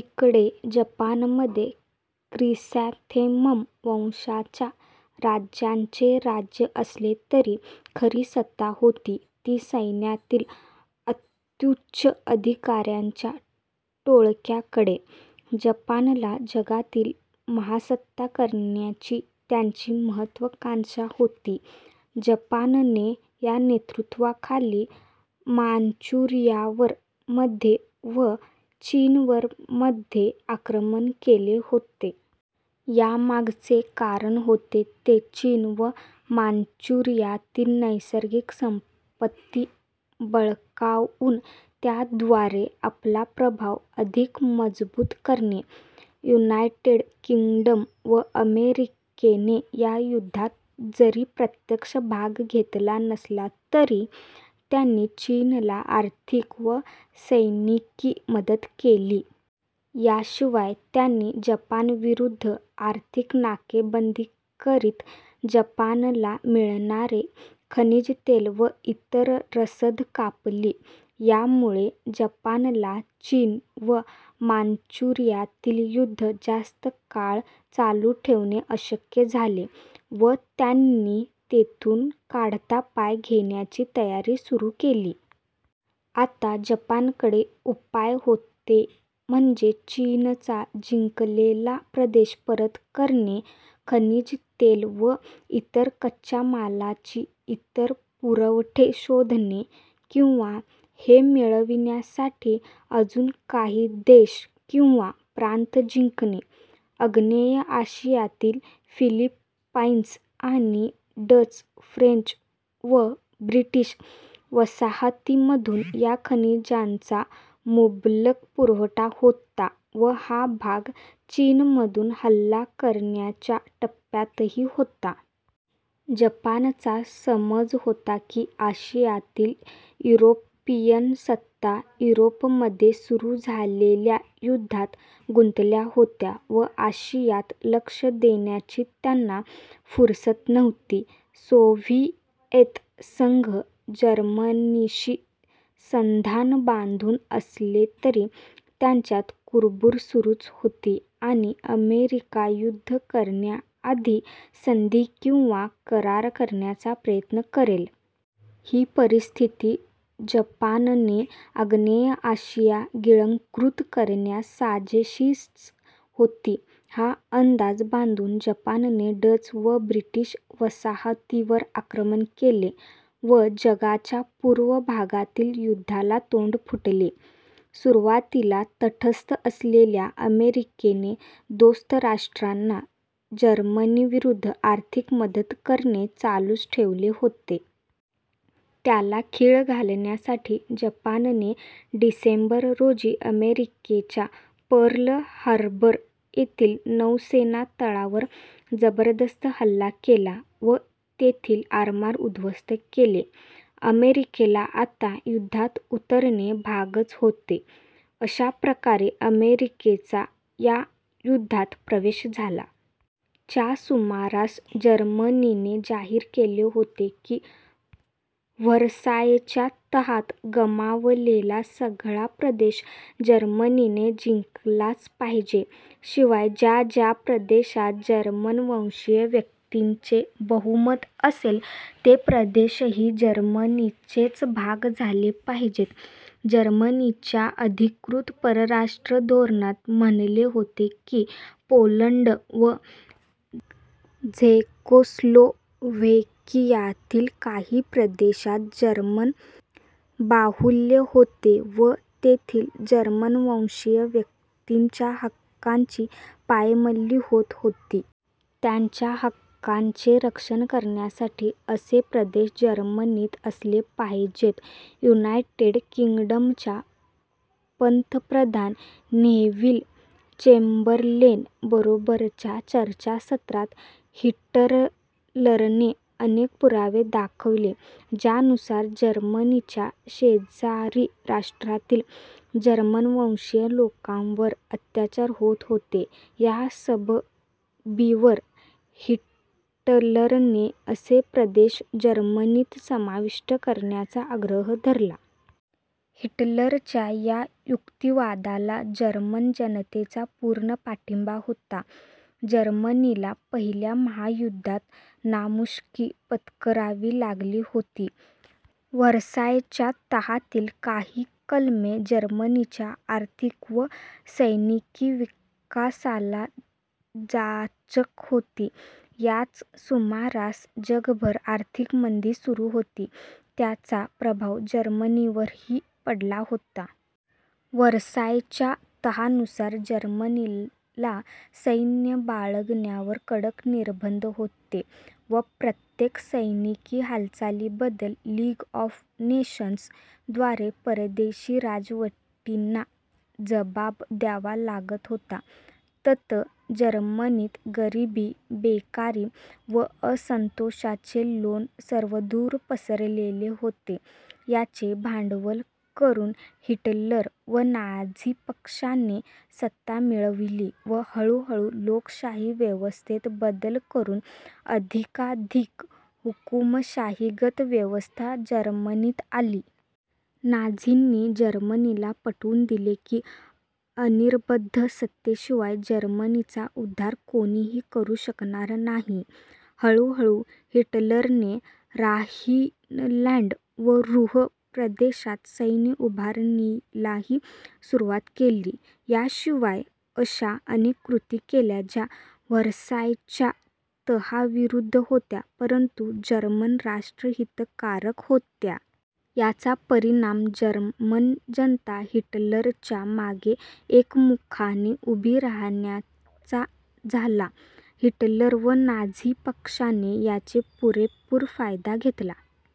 इकडे जपानमध्ये क्रिसॅंथेमम वंशाच्या राजांचे राज्य असले तरी खरी सत्ता होती ती सैन्यातील अत्त्युच्च अधिकाऱ्यांच्या टोळक्याकडे. जपानला जगातील महासत्ता करण्याची त्यांची महत्त्वाकांक्षा होती. जपानने या नेतृत्वाखाली मांचुरियावर मध्ये व चीनवर मध्ये आक्रमण केले होते. यामागचे कारण होते ते चीन व मांचुरियातील नैसर्गिक संपत्ती बळकावून त्याद्वारे आपला प्रभाव अधिक मजबूत करणे. युनायटेड किंग्डम व अमेरिकेने या युद्धात जरी प्रत्यक्ष भाग घेतला नसला तरी त्यांनी चीनला आर्थिक व सैनिकी मदत केली. याशिवाय त्यांनी जपानविरुद्ध आर्थिक नाकेबंदी करीत जपानला मिळणारे खनिज तेल व इतर रसद कापली. यामुळे जपानला चीन व मांचुरियातील युद्ध जास्त काळ चालू ठेवणे अशक्य झाले व त्यांनी तेथून काढता पाय घेण्याची तयारी सुरू केली. आता जपानकडे उपाय होते म्हणजे चीनचा जिंकलेला प्रदेश परत करणे, खनिज तेल व इतर कच्च्या मालाची इतर पुरवठे शोधणे किंवा हे मिळवण्यासाठी अजून काही देश/प्रांत जिंकणे. आग्नेय आशियातील फिलिपाईन्स आणि डच, फ्रेंच व ब्रिटिश वसाहतींमधून या खनिजांचा मुबलक पुरवठा होता व हा भाग चीनमधून हल्ला करण्याच्या टप्प्यातही होता. जपानचा समज होता की आशियातील युरोपीय सत्ता युरोपमध्ये सुरू झालेल्या युद्धात गुंतल्या होत्या व आशियात लक्ष देण्याची त्यांना फुरसत नव्हती. सोव्हिएत संघ जर्मनीशी संधान बांधून असले तरी त्यांच्यात कुरबुर सुरूच होती आणि अमेरिका युद्ध करण्याआधी संधी/करार करण्याचा प्रयत्न करेल. ही परिस्थिती जपानने आग्नेय आशिया गिळंकृत करण्यास साजेशीच होती. हा अंदाज बांधून जपानने डच व ब्रिटिश वसाहतींवर आक्रमण केले व जगाच्या पूर्व भागातील युद्धाला तोंड फुटले. सुरुवातीला तटस्थ असलेल्या अमेरिकेने दोस्त राष्ट्रांना जर्मनीविरुद्ध आर्थिक मदत करणे चालूच ठेवले होते. त्याला खीळ घालण्यासाठी जपानने डिसेंबर, रोजी अमेरिकेच्या पर्ल हार्बर येथील नौसेना तळावर जबरदस्त हल्ला केला व तेथील आरमार उद्ध्वस्त केले. अमेरिकेला आता युद्धात उतरणे भागच होते. अशा प्रकारे अमेरिकेचा या युद्धात प्रवेश झाला. च्या सुमारास जर्मनीने जाहीर केले होते की व्हर्सायच्या तहात गमावलेला सगळा प्रदेश जर्मनीने जिंकलाच पाहिजे. शिवाय, ज्या ज्या प्रदेशात जर्मनवंशीय व्यक्तींचे बहुमत असेल, ते प्रदेशही जर्मनीचेच भाग झाले पाहिजेत. जर्मनीच्या अधिकृत परराष्ट्र धोरणात म्हणले होते की पोलंड व झेकोस्लोव्हेकियातील काही प्रदेशात जर्मन बाहुल्य होते व तेथील जर्मनवंशीय व्यक्तींच्या हक्कांची पायमल्ली होत होती. त्यांच्या हक्कांचे रक्षण करण्यासाठी असे प्रदेश जर्मनीत असले पाहिजेत. युनायटेड किंग्डमच्या पंतप्रधान नेव्हिल चेम्बरलेन बरोबरच्या चर्चासत्रात हिटलरने अनेक पुरावे दाखवले ज्यानुसार जर्मनीच्या शेजारी राष्ट्रातील जर्मनवंशीय लोकांवर अत्याचार होत होते. या सबबीवर हिटलरने असे प्रदेश जर्मनीत समाविष्ट करण्याचा आग्रह धरला. हिटलरच्या या युक्तिवादाला जर्मन जनतेचा पूर्ण पाठिंबा होता. जर्मनीला पहिल्या महायुद्धात नामुष्की पत्करावी लागली होती. व्हर्सायच्या तहातील काही कलमे जर्मनीच्या आर्थिक व सैनिकी विकासाला जाचक होती. याच सुमारास जगभर आर्थिक मंदी सुरू होती, त्याचा प्रभाव जर्मनीवरही पडला होता. व्हर्सायच्या तहानुसार जर्मनीला सैन्य बाळगण्यावर कडक निर्बंध होते व प्रत्येक सैनिकी हालचालीबद्दल लीग ऑफ नेशन्स द्वारे परदेशी राजवटींना जबाब द्यावा लागत होता. ततः जर्मनीत गरीबी, बेकारी व असंतोषाचे लोण सर्वदूर पसरलेले होते. याचे भांडवल करून हिटलर व नाझी पक्षाने सत्ता मिळवली व हळूहळू लोकशाही व्यवस्थेत बदल करून अधिकाधिक हुकुमशाहीगत व्यवस्था जर्मनीत आली. नाझींनी जर्मनीला पटवून दिले की अनिर्बंध सत्तेशिवाय जर्मनीचा उद्धार कोणीही करू शकणार नाही. हळूहळू हिटलरने ऱ्हाइनलॅंड व रुह्र प्रदेशात सैन्य उभारणीलाही सुरुवात केली. याशिवाय अश्या अनेक कृती केल्या ज्या व्हर्सायच्या तहाविरुद्ध होत्या परंतु जर्मन राष्ट्रहितकारक होत्या. याचा परिणाम जर्मन जनता हिटलरच्या मागे एकमुखाने उभी राहण्याचा झाला. हिटलर व नाझी पक्षाने याचे पूरेपूर फायदा घेतला.